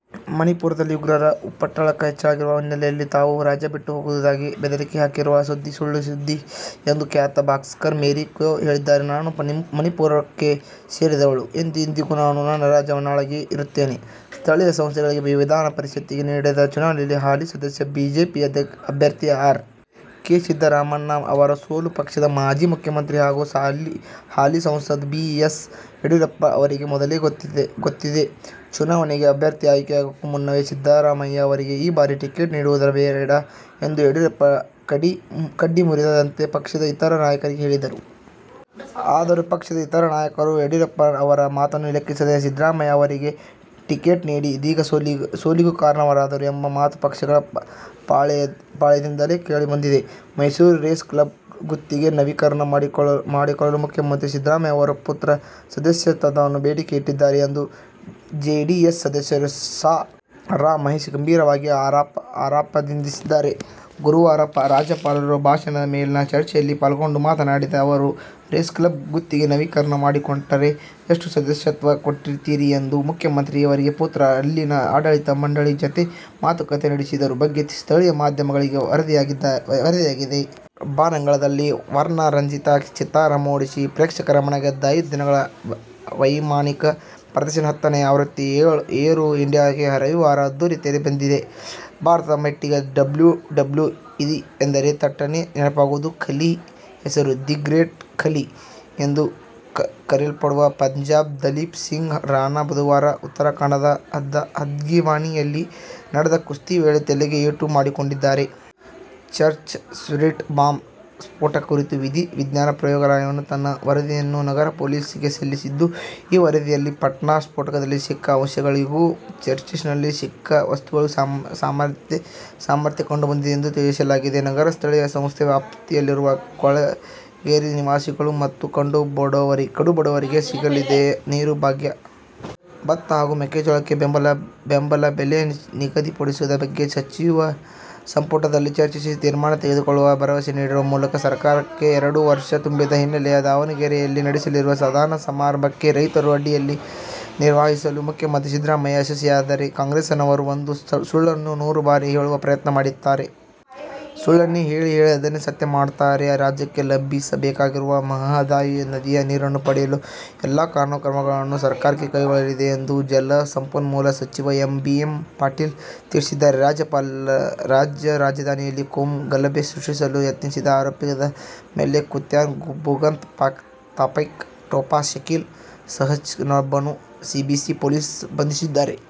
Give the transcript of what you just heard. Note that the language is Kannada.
ಮಣಿಪುರದಲ್ಲಿ ಉಗ್ರರ ಉಪಟಳ ಹೆಚ್ಚಾಗಿರುವ ಹಿನ್ನೆಲೆಯಲ್ಲಿ ತಾವು ರಾಜ್ಯ ಬಿಟ್ಟು ಹೋಗುವುದಾಗಿ ಬೆದರಿಕೆ ಹಾಕಿರುವ ಸುದ್ದಿ ಸುಳ್ಳು ಎಂದು ಖ್ಯಾತ ಬಾಕ್ಸರ್ ಮೇರಿ ಕೋಂ ಹೇಳಿದ್ದಾರೆ. ನಾನು ಮಣಿಪುರಕ್ಕೆ ಸೇರಿದವಳು. ಎಂದೆಂದಿಗೂ ನಾನು ನನ್ನ ರಾಜ್ಯದವಳಾಗಿಯೇ ಇರುತ್ತೇನೆ. ಸ್ಥಳೀಯ ಸಂಸ್ಥೆಗಳಿಂದ ವಿಧಾನ ಪರಿಷತ್ತಿಗೆ ನಡೆದ ಚುನಾವಣೆಯಲ್ಲಿ ಹಾಲಿ ಸದಸ್ಯ, ಬಿ ಜೆ ಪಿ ಅಭ್ಯರ್ಥಿ ಆರ್. ಕೆ. ಸಿದ್ದರಾಮಣ್ಣ ಅವರ ಸೋಲು ಪಕ್ಷದ ಮಾಜಿ ಮುಖ್ಯಮಂತ್ರಿ ಹಾಗೂ ಹಾಲಿ ಸಂಸದ ಬಿ. ಎಸ್. ಯಡಿಯೂರಪ್ಪ ಅವರಿಗೆ ಮೊದಲೇ ಗೊತ್ತಿತ್ತೇ? ಚುನಾವಣೆಗೆ ಅಭ್ಯರ್ಥಿಗಳ ಆಯ್ಕೆಗೂ ಮುನ್ನವೇ ಸಿದ್ದರಾಮಣ್ಣ ಅವರಿಗೆ ಈ ಬಾರಿ ಟಿಕೆಟ್ ನೀಡುವುದು ಬೇಡ ಎಂದು ಯಡಿಯೂರಪ್ಪ ಕಡ್ಡಿ ಮುರಿದಂತೆ ಪಕ್ಷದ ಇತರ ನಾಯಕರಿಗೆ ಹೇಳಿದ್ದರು. ಆದರೂ, ಪಕ್ಷದ ಇತರ ನಾಯಕರು ಯಡಿಯೂರಪ್ಪ ಅವರ ಮಾತನ್ನು ಲೆಕ್ಕಿಸದೆ ಸಿದ್ದರಾಮಣ್ಣ ಅವರಿಗೇ ಟಿಕೆಟ್ ನೀಡಿ ಇದೀಗ ಸೋಲಿಗೂ ಕಾರಣರಾದರು ಎಂಬ ಮಾತು ಪಕ್ಷದ ಪಾಳೆಯದಿಂದಲೇ ಕೇಳಿಬಂದಿದೆ. ಮೈಸೂರು ರೇಸ್ ಕ್ಲಬ್ ಗುತ್ತಿಗೆ ನವೀಕರಣ ಮಾಡಿಕೊಡಲು ಮುಖ್ಯಮಂತ್ರಿ ಸಿದ್ದರಾಮಯ್ಯ ಅವರ ಪುತ್ರ ಸದಸ್ಯತ್ವದ ಬೇಡಿಕೆ ಇಟ್ಟಿದ್ದಾರೆ ಎಂದು ಜೆಡಿಎಸ್ ಸದಸ್ಯ ಸಾ. ರಾ. ಮಹೇಶ್ ಗಂಭೀರವಾಗಿ ಆಪಾದಿಸಿದ್ದಾರೆ. ಗುರುವಾರ ರಾಜ್ಯಪಾಲರ ಭಾಷಣದ ಮೇಲಿನ ಚರ್ಚೆಯಲ್ಲಿ ಪಾಲ್ಗೊಂಡು ಮಾತನಾಡಿದ ಅವರು, ರೇಸ್ ಕ್ಲಬ್ ಗುತ್ತಿಗೆ ನವೀಕರಣ ಮಾಡಿಕೊಟ್ಟರೆ ಎಷ್ಟು ಸದಸ್ಯತ್ವ ಕೊಡ್ತೀರಿ ಎಂದು ಮುಖ್ಯಮಂತ್ರಿಯವರ ಪುತ್ರ ಅಲ್ಲಿನ ಆಡಳಿತ ಮಂಡಳಿ ಜತೆ ಮಾತುಕತೆ ನಡೆಸಿರುವ ಬಗ್ಗೆ ಸ್ಥಳೀಯ ಮಾಧ್ಯಮಗಳಲ್ಲಿ ವರದಿಯಾಗಿದೆ. ಬಾನಂಗಳದಲ್ಲಿ ವರ್ಣರಂಜಿತ ಚಿತ್ತಾರ ಮೂಡಿಸಿ ಪ್ರೇಕ್ಷಕರ ಮನಗೆದ್ದ ಐದು ದಿನಗಳ ವೈಮಾನಿಕ ಪ್ರದರ್ಶನ ಹತ್ತನೇ ಆವೃತ್ತಿ ಏರೋ ಇಂಡಿಯಾಕ್ಕೆ ರವಿವಾರ ಅದ್ದೂರಿ ತೆರೆ ಬಿದ್ದಿದೆ. ಭಾರತದ ಮಟ್ಟಿಗೆ ಡಬ್ಲ್ಯೂ ಡಬ್ಲ್ಯೂ ಇ ಎಂದರೆ ತಟ್ಟನೆ ನೆನಪಾಗುವುದು ಖಲಿ ಹೆಸರು. "ದಿ ಗ್ರೇಟ್ ಖಲಿ' ಎಂದು ಕರೆಯಲ್ಪಡುವ ಪಂಜಾಬ್ನ ದಲೀಪ್ ಸಿಂಗ್ ರಾಣಾ ಬುಧವಾರ ಉತ್ತರಾಖಂಡದ ಹಲ್ದವಾನಿ ಯಲ್ಲಿ ನಡೆದ ಕುಸ್ತಿ ವೇಳೆ ತಲೆಗೆ ಏಟು ಮಾಡಿಕೊಂಡಿದ್ದಾರೆ. ಚರ್ಚ್ ಸ್ಟ್ರೀಟ್ ಬಾಂಬ್ ಸ್ಫೋಟ ಕುರಿತು ವಿಧಿ ವಿಜ್ಞಾನ ಪ್ರಯೋಗಾಲಯವು ತನ್ನ ವರದಿಯನ್ನು ನಗರ ಪೊಲೀಸರಿಗೆ ಸಲ್ಲಿಸಿದ್ದು, ಈ ವರದಿಯಲ್ಲಿ ಪಾಟ್ನಾ ಸ್ಫೋಟದಲ್ಲಿ ಸಿಕ್ಕ ಅವಶೇಷಗಳಿಗೂ, ಚರ್ಚ್ಸ್ಟ್ರೀಟ್ನಲ್ಲಿ ಸಿಕ್ಕ ವಸ್ತುಗಳಿಗೂ ಸಾಮ್ಯತೆ ಕಂಡುಬಂದಿದೆ ಎಂದು ತಿಳಿಸಲಾಗಿದೆ. ನಗರ ಸ್ಥಳೀಯ ಸಂಸ್ಥೆ ವ್ಯಾಪ್ತಿಯಲ್ಲಿರುವ ಕೊಳಗೇರಿ ನಿವಾಸಿಗಳು ಮತ್ತು ಕಡು ಬಡವರಿಗೆ ಸಿಗಲಿದೆಯೇ "ನೀರು ಭಾಗ್ಯ'? ಭತ್ತ ಹಾಗೂ ಮೆಕ್ಕೆಜೋಳಕ್ಕೆ ಬೆಂಬಲ ಬೆಲೆ ನಿಗದಿಪಡಿಸುವ ಬಗ್ಗೆ ಸಚಿವ ಸಂಪುಟದಲ್ಲಿ ಚರ್ಚಿಸಿ ತೀರ್ಮಾನ ತೆಗೆದುಕೊಳ್ಳುವ ಭರವಸೆ ನೀಡುವ ಮೂಲಕ ಸರ್ಕಾರಕ್ಕೆ ಎರಡು ವರ್ಷ ತುಂಬಿದ ಹಿನ್ನೆಲೆಯಲ್ಲಿ ದಾವಣಗೆರೆಯಲ್ಲಿ ನಡೆಸಲಿರುವ ಸಾಧನಾ ಸಮಾವೇಶಕ್ಕೆ ರೈತರ ಅಡ್ಡಿಯನ್ನು ನಿವಾರಿಸುವಲ್ಲಿ ಮುಖ್ಯಮಂತ್ರಿ ಸಿದ್ದರಾಮಯ್ಯ ಯಶಸ್ವಿಯಾಗಿದ್ದಾರೆ. "ಕಾಂಗ್ರೆಸ್ನವರು ಒಂದು ಸುಳ್ಳನ್ನು ನೂರು ಬಾರಿ ಹೇಳುವ ಪ್ರಯತ್ನ ಮಾಡ್ತಾರೆ. ಸುಳ್ಳನ್ನೇ ಹೇಳಿ ಹೇಳಿ ಅದನ್ನೇ ಸತ್ಯ ಮಾಡ್ತಾರೆ' ರಾಜ್ಯಕ್ಕೆ ಲಭಿಸಬೇಕಾಗಿರುವ ಮಹದಾಯಿ ನದಿಯ ನೀರನ್ನು ಪಡೆಯಲು ಎಲ್ಲಾ ಕಾನೂನು ಕ್ರಮಗಳನ್ನು ಸರ್ಕಾರ ಕೈಗೊಳ್ಳಲಿದೆ ಎಂದು ಜಲಸಂಪನ್ಮೂಲ ಸಚಿವ ಎಂ. ಬಿ. ಪಾಟೀಲ ತಿಳಿಸಿದ್ದಾರೆ. ರಾಜ್ಯ ರಾಜಧಾನಿಯಲ್ಲಿ ಕೋಮು ಗಲಭೆ ಸೃಷ್ಟಿಸಲು ಯತ್ನಿಸಿದ ಆರೋಪದ ಮೇಲೆ ಕುಖ್ಯಾತ ಭೂಗತ ಪಾತಕಿ ಛೋಟಾ ಶಕೀಲ್ ಸಹಚರನೊಬ್ಬನನ್ನು ಸಿಸಿಬಿ ಪೊಲೀಸರು ಬಂಧಿಸಿದ್ದಾರೆ.